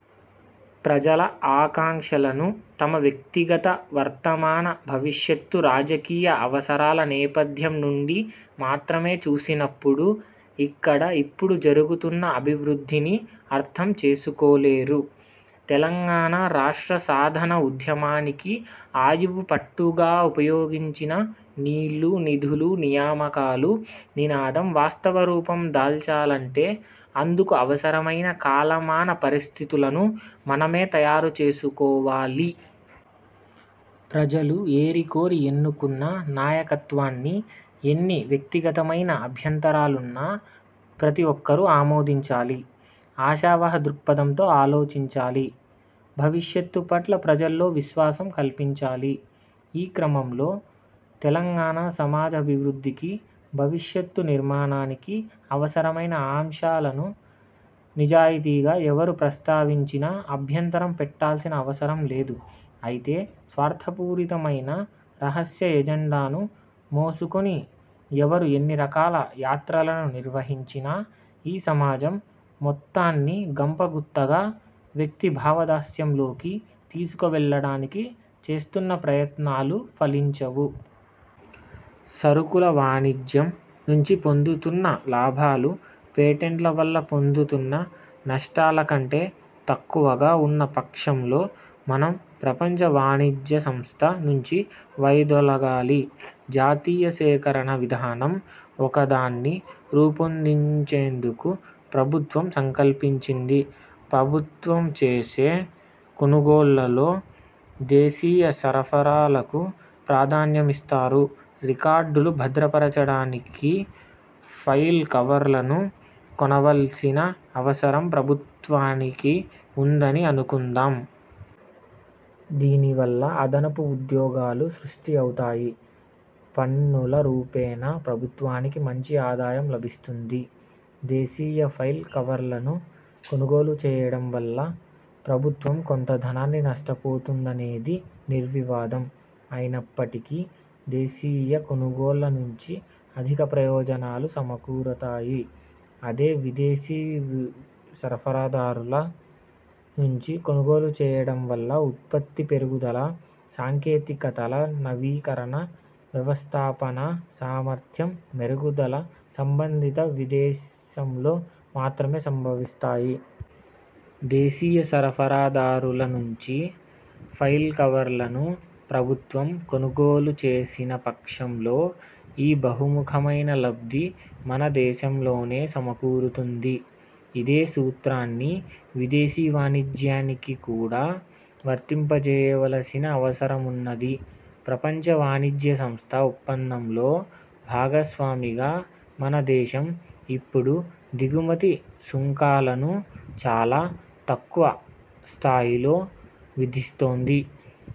ప్రజల ఆకాంక్షలను తమ వ్యక్తిగత, వర్తమాన, భవిష్యత్తు రాజకీయ అవసరాల నేపథ్యం నుండి మాత్రమే చూసినప్పుడు ఇక్కడ ఇప్పుడు జరుగుతున్న అభివృద్ధిని అర్థం చేసుకోలేరు. తెలంగాణ రాష్ట్ర సాధన ఉద్యమానికి ఆయువుపట్టుగా ఉపయోగించిన 'నీళ్లు, నిధులు, నియామకాలు' నినాదం వాస్తవరూపం దాల్చాలంటే అందుకు అవసరమైన కాలమాన పరిస్థితులను మనమే తయారు చేసుకోవాలి. ప్రజలు ఏరికోరి ఎన్నుకున్న నాయకత్వాన్ని ఎన్ని వ్యక్తిగతమైన అభ్యంతరాలున్నా ప్రతిఒక్కరూ ఆమోదించాలి. ఆశావహ దృక్పథంతో ఆలోచించాలి. భవిష్యత్తుపట్ల ప్రజల్లో విశ్వాసం కల్పించాలి. ఈ క్రమంలో తెలంగాణ సమాజ అభివృద్ధికి, భవిష్యత్తు నిర్మాణానికి అవసరమైన ఆంశాలను నిజాయితీగా ఎవ్వరు ప్రస్తావించినా అభ్యంతరం పెట్టాల్సిన అవసరం లేదు. అయితే స్వార్థపూరితమైన రహస్య ఎజెండాను మోసుకొని ఎవరు ఎన్నిరకాల యాత్రలను నిర్వహించినా ఈ సమాజం మొత్తాన్ని గంపగుత్తగా వ్యక్తి భావదాస్యంలోకి తీసుకువెళ్లడానికి చేస్తున్న ప్రయత్నాలు ఫలించవు! సరుకుల వాణిజ్యం నుంచి పొందుతున్న లాభాలు పేటెంట్ల వల్ల పొందుతున్న నష్టాల కంటే తక్కువగా ఉన్న పక్షంలో మనం ప్రపంచ వాణిజ్య సంస్థ నుంచి వైదొలగాలి. జాతీయ సేకరణ విధానం ఒకదాన్ని రూపొందించేందుకు ప్రభుత్వం సంకల్పించింది. ప్రభుత్వం చేసే కొనుగోళ్ళలో దేశీయ సరఫరాదారులకు ప్రాధాన్యమిస్తారు. రికార్డులు భద్రపరచడానికి ఫైల్ కవర్లను కొనవల్సిన అవసరం ప్రభుత్వానికి వుందని అనుకుందాం. దీనివల్ల అదనపు ఉద్యోగాలు సృష్టి అవుతాయి, పన్నుల రూపేణా ప్రభుత్వానికి మంచి ఆదాయం లభిస్తుంది. దేశీయ ఫైల్ కవర్లను కొనుగోలు చేయడం వల్ల ప్రభుత్వం కొంత ధనాన్ని నష్టపోతుందనేది నిర్వివాదం. అయినప్పటికీ దేశీయ కొనుగోళ్ల నుంచి అధిక ప్రయోజనాలు సమకూరతాయి. అదే విదేశీ సరఫరాదారుల నుంచి కొనుగోలు చేయడం వల్ల ఉత్పత్తి పెరుగుదల, సాంకేతికతల నవీకరణ, వ్యవస్థాపనా సామర్థ్యం మెరుగుదల సంబంధిత విదేశంలో మాత్రమే సంభవిస్తాయి. దేశీయ సరఫరాదారుల నుంచి ఫైల్ కవర్లను ప్రభుత్వం కొనుగోలుచేసిన పక్షంలో ఈ బహుముఖమైన లబ్ధి మన దేశంలోనే సమకూరుతుంది. ఇదే సూత్రాన్ని విదేశీ వాణిజ్యానికి కూడా వర్తింపచేయవల్సిన అవసరమున్నది. ప్రపంచ వాణిజ్య సంస్థ ఒప్పందంలో భాగస్వామిగా మన దేశం ఇప్పుడు దిగుమతి సుంకాలను చాలా తక్కువ స్థాయిలో విధిస్తోంది.